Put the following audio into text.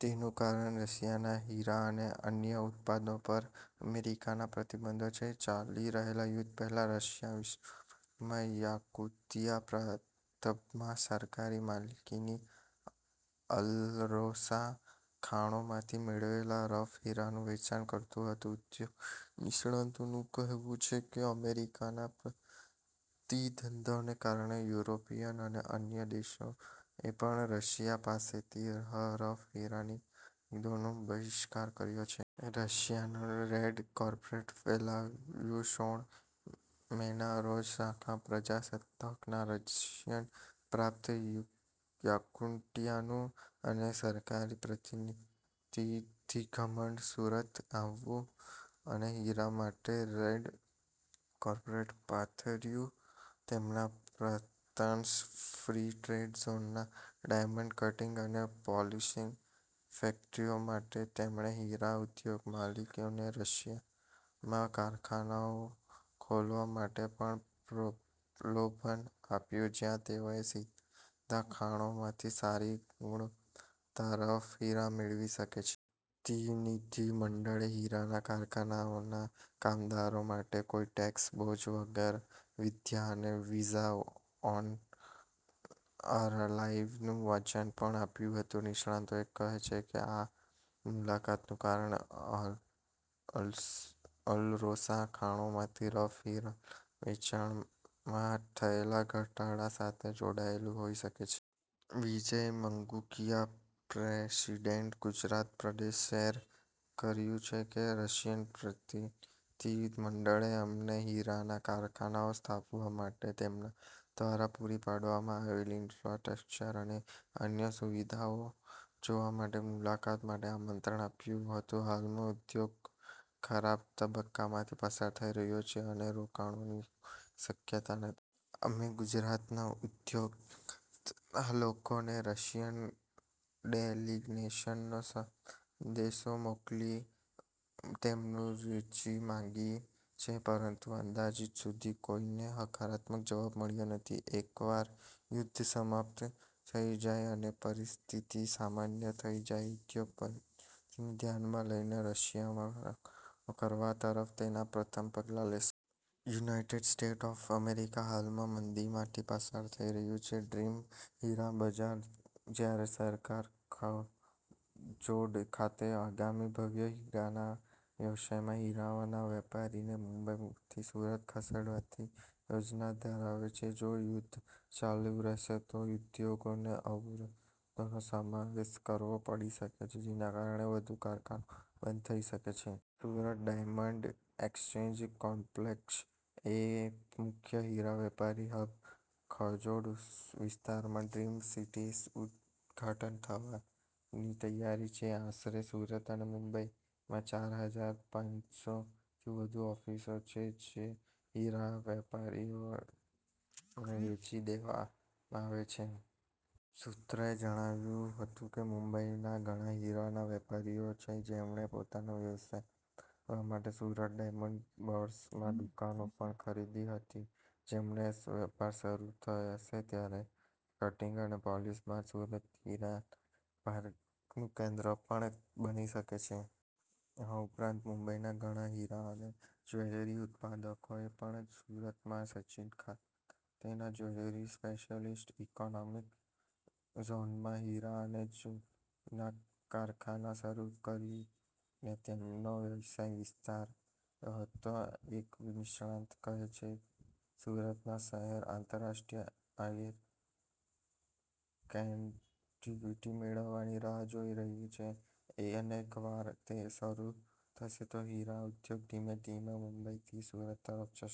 તેનું કારણ રશિયાના હીરા અને અન્ય ઉત્પાદનો પર અમેરિકાના પ્રતિબંધો છે. ચાલી રહેલા યુદ્ધ પહેલા, રશિયા વિશ્વભરમાં યાકુતિયા પ્રાંતમાં સરકારી માલિકીની અલરોસા ખાણોમાંથી મેળવેલા રફ હીરાનું વેચાણ કરતું હતું. ઉદ્યોગ નિષ્ણાતોનું કહેવું છે કે અમેરિકાના પ્રતિબંધોને કારણે યુરોપિયન અને અન્ય દેશોએ પણ રશિયા પાસેથી રફ હીરાની ખરીદીનો બહિષ્કાર કર્યો છે. રશિયનો રેડ કાર્પેટ ફેલાવ્યું શોળ મેના રોજ, સાખા પ્રજાસત્તાકના રશિયન પ્રાંત યાકુટિયાનું એક સરકારી પ્રતિનિધિમંડળ સુરત આવ્યું અને હીરા માટે રેડ કાર્પેટ પાથર્યું. તેમના પ્રાંતના ફ્રી ટ્રેડ ઝોનમાં ડાયમંડ કટિંગ અને પોલિશિંગ ફેક્ટરીઓ માટે તેમણે હીરા ઉદ્યોગ માલિકોને રશિયામાં કારખાનાઓ ખોલવા માટે પણ પ્રલોભન આપ્યું, જ્યાં તેઓ સીધા ખાણોમાંથી સારી ગુણવત્તાના રફ હીરા મેળવી શકે. પ્રતિનિધિમંડળે હીરાના કારખાનાના કામદારો માટે કોઈ ટેક્સ બોજ વગરના વિધા અને વિઝા-ઓન-અરાઈવલનું વચન પણ આપ્યું હતું. નિષ્ણાતો કહે છે કે, આ મુલાકાતનું કારણ અલરોસા ખાણોમાંથી રફ હીરાના વેચાણમાં થયેલા ઘટાડા સાથે જોડાયેલું હોઈ શકે છે. વિજય માંગુકિયા, પ્રેસિડેન્ટ, ગુજરાત પ્રદેશે શેર કર્યું કે, રશિયન પ્રતિનિધિમંડળે અમને હીરાના કારખાનાઓ સ્થાપવા માટે તેમના દ્વારા પૂરી પાડવામાં આવેલ ઈન્ફ્રાસ્ટ્રક્ચર અને અન્ય સુવિધાઓ જોવા માટે મુલાકાત માટે આમંત્રણ આપ્યું હતું. હાલમાં, ઉદ્યોગ ખરાબ તબક્કામાંથી પસાર થઈ રહ્યો છે અને રોકાણની કોઈ શક્યતા નથી. અમે સુરતના ઉદ્યોગ જગતના લોકોને રશિયન ડેલિગેશનનો સંદેશો મોકલી તેમની રુચિ માંગી છે. પરંતુ આજદિન સુધી કોઈને હકારાત્મક જવાબ મળ્યો નથી. એકવાર યુદ્ધ સમાપ્ત થઈ જાય અને પરિસ્થિતિ સામાન્ય થઈ જાય, ઉદ્યોગ પરિસ્થિતિને ધ્યાનમાં લઈને રશિયામાં રોકાણ કરવા તરફ તેના પ્રથમ પગલાં લેશે. યુનાઈટેડ સ્ટેટ્સ ઑફ અમેરિકા હાલમાં મંદીમાંથી પસાર થઈ રહ્યું છે. " 'ડ્રીમ' હીરા બજાર જ્યારે સરકાર ખાજોદ ખાતે આગામી ભવ્ય હીરાના વ્યવસાયમાં હીરાના વેપારને મુંબઈથી સુરત ખસેડવાની યોજના ધરાવે છે, જો યુદ્ધ ચાલુ રહેશે તો, ઉદ્યોગને અવરોધોનો સામનો કરવો પડી શકે છે, જેના કારણે વધુ કારખાનાઓ બંધ થઈ શકે છે. સુરત ડાયમંડ એક્સચેન્જ કોમ્પ્લેક્સ, એક મુખ્ય હીરા વેપારનું હબ, ખાજોદ વિસ્તારમાં ડ્રીમ સિટીમાં ઉદ્ઘાટન થવાની તૈયારીમાં છે. આશરે સુરત અને મુંબઈમાં ચાર હજાર પાંચસો થી વધુ ઓફિસો છે, જે હીરાના વેપારીઓને વેચી દેવામાં આવી છે. સૂત્રોએ જણાવ્યું હતું કે, મુંબઈના ઘણા હીરાના વેપારીઓ છે, જેમણે પોતાનો વ્યવસાય વધારવા માટે સુરત ડાયમંડ બોર્સમાં દુકાનો પણ ખરીદી હતી. જ્યારે વેપાર શરૂ થશે ત્યારે કટિંગ અને પોલિશિંગ બાદ સુરત હીરાના વેપારનું કેન્દ્ર પણ બની શકે છે. આ ઉપરાંત, મુંબઈના ઘણા હીરા અને જ્વેલરી ઉત્પાદકોએ પણ સુરતમાં સચિન ખાતેના જ્વેલરી સ્પેશિયલ ઈકોનોમિક ઝોનમાં હીરા અને જ્વેલરીના કારખાના શરૂ કરીને તેમનો વ્યવસાય વિસ્તાર્યો હતો. એક નિષ્ણાત કહે છે, "સુરત શહેર આંતરરાષ્ટ્રીય એર કનેક્ટિવિટી મેળવવાની રાહ જોઈ રહ્યું છે અને એકવાર તે શરૂ થશે, તો હીરા ઉદ્યોગ ધીમે ધીમે મુંબઈથી સુરત તરફ જશે. "